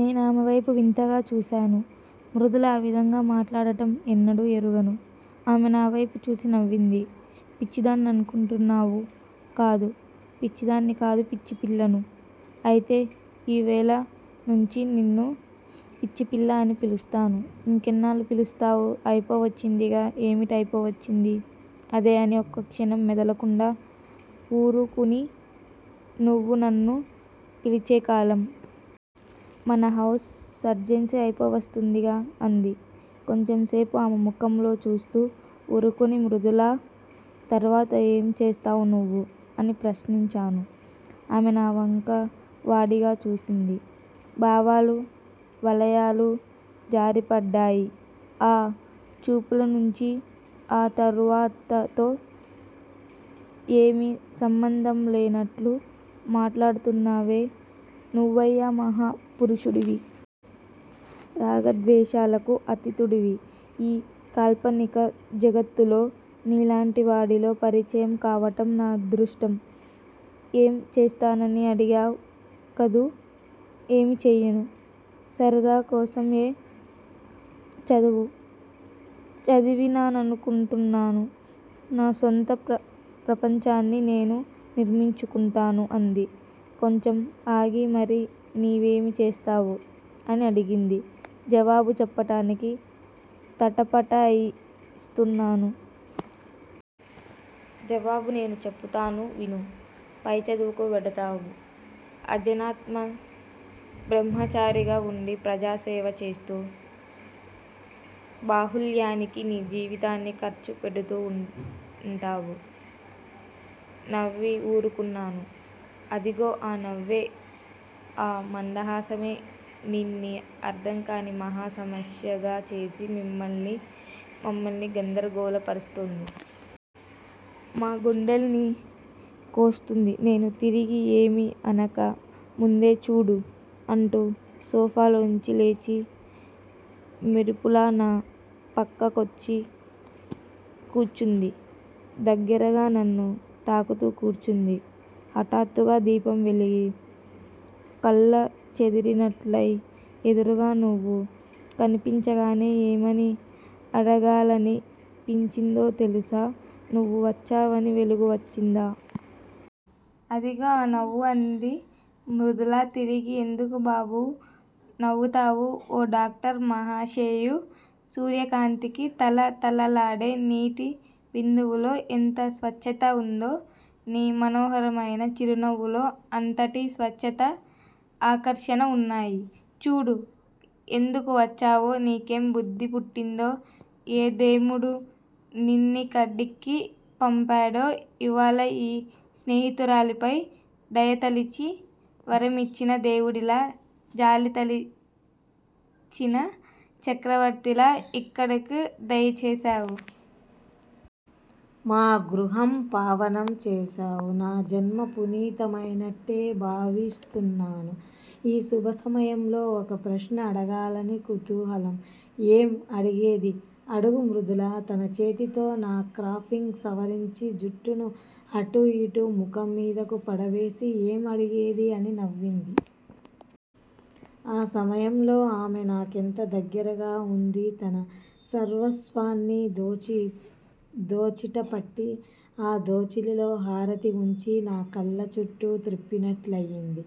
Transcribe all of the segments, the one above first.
నేనామెవైపు వింతగా చూశాను. మృదుల ఆ విధంగా మాట్లాడటం ఎన్నడూ ఎరుగను. ఆమె నావైపు చూసి నవ్వింది. పిచ్చిదాన్ననుకుంటున్నావు కదూ! పిచ్చిదాన్ని కాదు పిచ్చిపిల్లను. అయితే యివేళ నుంచి నిన్ను 'పిచ్చిపిల్లా' అని పిలుస్తాను. ఇంకెన్నాళ్ళు పిలుస్తావు? అయిపోవచ్చిందిగా ఏమిటి అయిపోవచ్చింది? అదే అని ఒకక్షణం మెదలకుండా ఊరుకుని నువ్వు నన్ను పిలిచేకాలం. మన హౌస్ సర్జన్సీ అయిపోవస్తుందిగా అంది. కొంచెంసేపు ఆమె ముఖంలోకి చూస్తూ ఊరుకుని మృదులా! తర్వాత ఏం చేస్తావు నువ్వు? అని ప్రశ్నించాను. ఆమె నావంక వాడిగా చూసింది భావాల వలయాలు జారిపడ్డాయి ఆ చూపులనుంచి. ఆ తర్వాతతో ఏమీ సంబంధంలేనట్లు మాట్లాడుతున్నావే నువ్వయ్యా మహా పురుషుడివి. రాగద్వేషాలకు అతీతుడివి. ఈ కాల్పనిక జగత్తులో నీలాంటివాడిలో పరిచయం కావటం నా అదృష్టం. ఏం చేస్తానని అడిగావు కదూ! ఏమీ చెయ్యను. సరదాకోసం యీ చదువు చదివాననుకుంటాను. నా సొంత ప్రపంచాన్ని నేను నిర్మించుకుంటాను అంది. కొంచెం ఆగి మరి నీవేమి చేస్తావు? అనడిగింది. జవాబు చెప్పటానికి తటపటాయిస్తున్నాను. జవాబు నేను చెపుతున్నాను విను. పై చదువుకు వెడతావు. ఆజన్మాంత బ్రహ్మచారిగా వుండి ప్రజాసేవ చేస్తూ బాహుళ్యానికి నీ జీవితాన్ని ఖర్చు పెడుతూ వుంటావు. నవ్వి ఊరుకున్నాను. అదిగో ఆ నవ్వే, ఆ మందహాసమే నిన్నీ అర్ధంకాని మహా సమస్యగా చేసి మమ్మల్ని గంద్రగోళ పరుస్తోంది. మా గుండెల్ని కోస్తుంది. నేను తిరిగి ఏమీ అనక ముందే చూడూ! అంటూ సోఫాలోంచి లేచి, మెరుపులా నా ప్రక్కకు వచ్చి కూర్చుంది. దగ్గరగా, నన్ను తాకుతూ కూర్చుంది. హటాత్తుగా దీపం వెలిగి, కళ్ళు చెదిరినట్లయి ఎదురుగా నువ్వు కనిపించగానే ఏమని అడగాలనిపించిందో తెలుసా? నువ్వు వచ్చావని వెలుగు వచ్చిందా? అదిగో ఆ నవ్వే అంది మృదుల తిరిగి. ఎందుకు బాబూ! నవ్వుతావు! ఓ డాక్టర్ మహాశయా! సూర్యకాంతికి తళతళలాడే నీటి బిందువులో ఎంత స్వచ్చత వుందో, నీ మనోహరమైన చిరునవ్వులో అంతటి స్వచ్చతా, ఆకర్షణా వున్నాయి. చూడూ! ఎందుకు వచ్చావో, నీకేం బుద్ధి పుట్టిందో, ఏ దేముడు నిన్నిక్కడికి పంపాడో యివాళ యీ స్నేహితురాలిపై దయతలచి, వరమిచ్చిన దేవుడిలా, జాలితలచిన చక్రవర్తిలా యిక్కడకు దయ చేశావు. మా గృహం పావనం చేశావు. నా జన్మ పునీతమైనట్టే భావిస్తున్నాను. ఈ శుభసమయంలో ఒక ప్రశ్న అడగాలని కుతూహలం. ఏం? అడిగేదీ? అడుగు మృదుల తన చేతితో నా క్రాఫింగు సవరించి, జుట్టును అటూ యిటూ, ముఖం మీదకు పడవేసి ఏం అడిగేదీ? అని నవ్వింది. ఆ సమయంలో ఆమె నాకెంత దగ్గరగా వుంది! తన సర్వస్వాన్నీ దోసిట పట్టి, ఆ దోసిలిలో హారతి వుంచి, నా కళ్ళచుట్టు త్రిప్పినట్లయింది.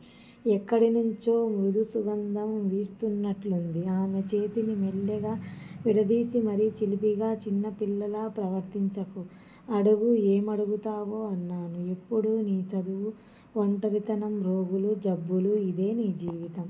ఎక్కడినుంచో మృదు సుగంధం వీస్తున్నట్లయింది. ఆమె చేతిని మెల్లిగా విడదీసి మరీ చిలిపిగా, చిన్నపిల్లలా ప్రవర్తించకు! అడుగు. ఏమడుగుతావో అన్నాను. ఎప్పుడూ నీ చదువు, వంటరితనం, రోగులు, జబ్బులు_యిదే నీ జీవితం.